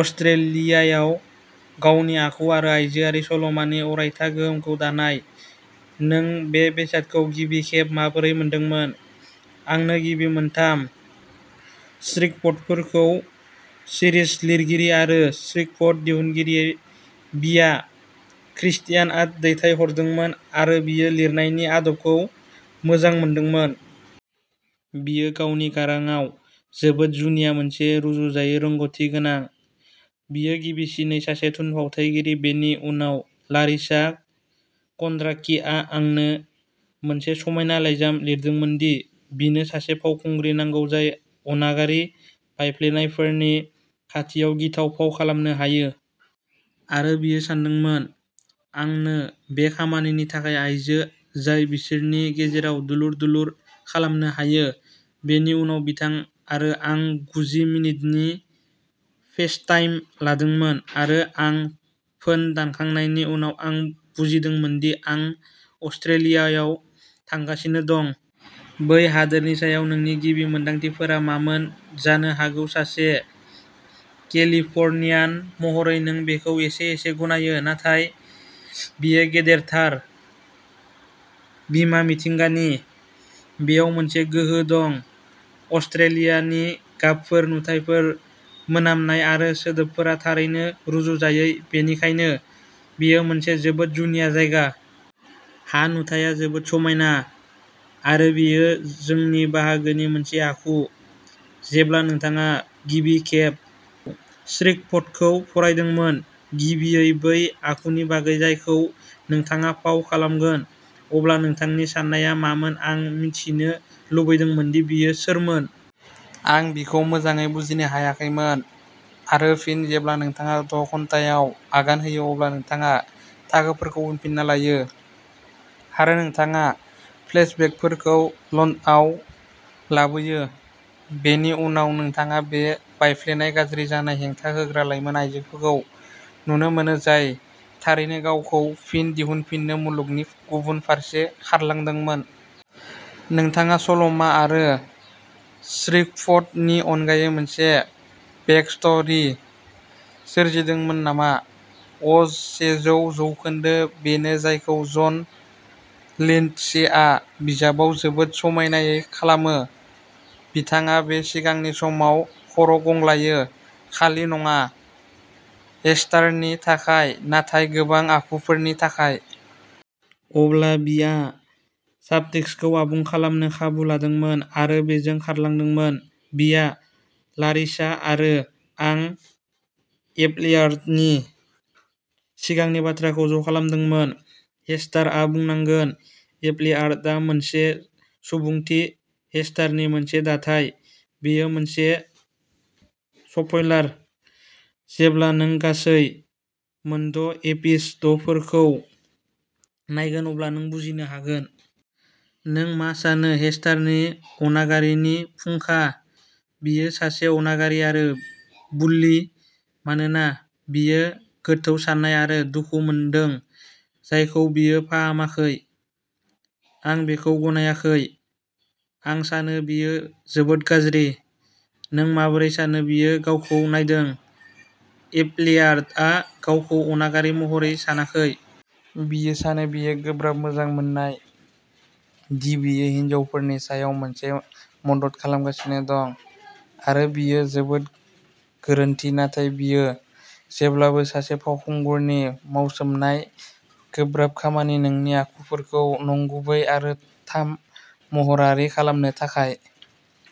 अस्ट्रेलियायाव, गावनि आखु आरो आइजोआरि सल'मानि अरायथा गोहोमखौ दानाय। नों बे बेसादखौ गिबि खेब माबोरै मोनदोंमोन। आंनो गिबि मोनथाम स्क्रिप्टफोरखौ सिरिज लिरगिरि आरो स्क्रिप्ट दिहुनगिरि बीया क्रिस्टियानआ दैथायहरदोंमोन आरो बियो लिरनायनि आदबखौ मोजां मोनदोंमोन। बियो गावनि गारांआव जोबोद जुनिया मोनसे रुजुजायै रोंग'थि गोनां। बियो गिबिसिनै सासे थुनफावथाइगिरि बेनि उनाव लारिसा क'न्ड्राकीआ आंनो मोनसे समायना लाइजाम लिरदोंमोन दि बिनो सासे फावखुंग्रि नांगौ जाय अनागारि, बायफ्लेनायफोरनि खाथियाव गिथाव फाव खालामनो हायो। आरो बियो सानदोंमोन आंनो बे खामानिनि थाखाय आइजो, जाय बिसोरनि गेजेराव दुलुर दुलुर खालामनो हायो। बेनि उनाव बिथां आरो आं गुजि मिनिटनि फेसटाइम लादोंमोन, आरो आं फोन दोनखांनायनि उनाव आं बुजिदोंमोन दि आं अस्ट्रेलियायाव थांगासिनो दं। बै हादोरनि सायाव नोंनि गिबि मोनदांथिफोरा मामोन, जानो हागौ सासे केलिफ'र्नियान महरै नों बेखौ एसे एसे गनायो, नाथाय बेयो गेदेरथार। बिमा मिथिंगानि। बेयाव मोनसे गोहो दं। अस्ट्रेलियानि गाबफोर, नुथायफोर, मोनामनाय आरो सोदोबफोरा थारैनो रुजुजायै, बेनिखायनो बेयो मोनसे जोबोद जुनिया जायगा। हा नुथाया जोबोद समायना, आरो बेयो जोंनि बाहागोनि मोनसे आखु। जेब्ला नोंथाङा गिबि खेब स्क्रिप्टखौ फरायदोंमोन, गुबैयै बै आखुनि बागै जायखौ नोंथाङा फाव खालामगोन, अब्ला नोंथांनि साननाया मामोन आं मिथिनो लुगैदोंमोन दि बियो सोरमोन। आं बिखौ मोजाङै बुजिनो हायाखैमोन। आरो फिन जेब्ला नोंथाङा द'घन्टायाव आगान होयो, अब्ला नोंथाङा थाखोफोरखौ उनफिनना लायो, आरो नोंथाङा फ्लेशबेकफोरखौ लन्दनाव लाबोयो। बेनि उनाव नोंथाङा बे बायफ्लेनाय, गाज्रि जानाय, हेंथा होग्रा लाइमोन आयजोखौ नुनो मोनो, जाय थारैनो गावखौ फिन दिहुनफिननो मुलुगनि गुबुन फारसे खारलांदोंमोन। नोंथाङा सल'मा आरो स्क्रिप्टनि अनगायै मोनसे बेकस्ट'री सोरजिदोंमोन नामा अ सेजौ जौखोन्दो बेनो जायखौ जन लिन्डसेआ बिजाबाव जोबोद समायनायै खालामो। बिथाङा बे सिगांनि समाव खर'गंग्लायो खालि नङा। हेस्टारनि थाखाय, नाथाय गोबां आखुफोरनि थाखाय। अब्ला बियाआ साबटेक्सखौ आबुं खालामनो खाबु लादोंमोन, आरो बेजों खारलांदोंमोन। बिया, लारिसा आरो आं एपलेयार्डनि सिगांनि बाथ्राखौ ज'खालामदोंमोन। हेस्टार, आं बुंनांगोन। एपलेयार्डआ मोनसे सुबुंथि हेस्टारनि मोनसे दाथाय। बेयो मोनसे स्पइलार। जेब्ला नों गासै मोनद'एपिस'डफोरखौ नायगोन अब्ला नों बुजिनो हागोन। नों मा सानो हेस्टारनि अनागारिनि फुंखा? बियो सासे अनागारि आरो बुल्लि, मानोना बियो गोथौ सानाय आरो दुखु मोनदों जायखौ बियो फाहामाखै। आं बेखौ गनायाखै; आं सानो बेयो जोबोद गाज्रि। नों माबोरै सानो बियो गावखौ नायदों एपलेयार्डआ गावखौ अनागारि महरै सानाखै। बियो सानो बेयो गोब्राब मोजां मोननाय, दि बियो हिनजावफोरनि सायाव मोनसे मदद खालामगासिनो दं। आरो बेयो जोबोद गोरोन्थि नाथाय बेयो जेब्लाबो सासे फावखुंगुरनि मावसोमनाय, गोब्राब खामानि, नोंनि आखुफोरखौ नंगुबै आरो थाम महरारि खालामनो थाखाय।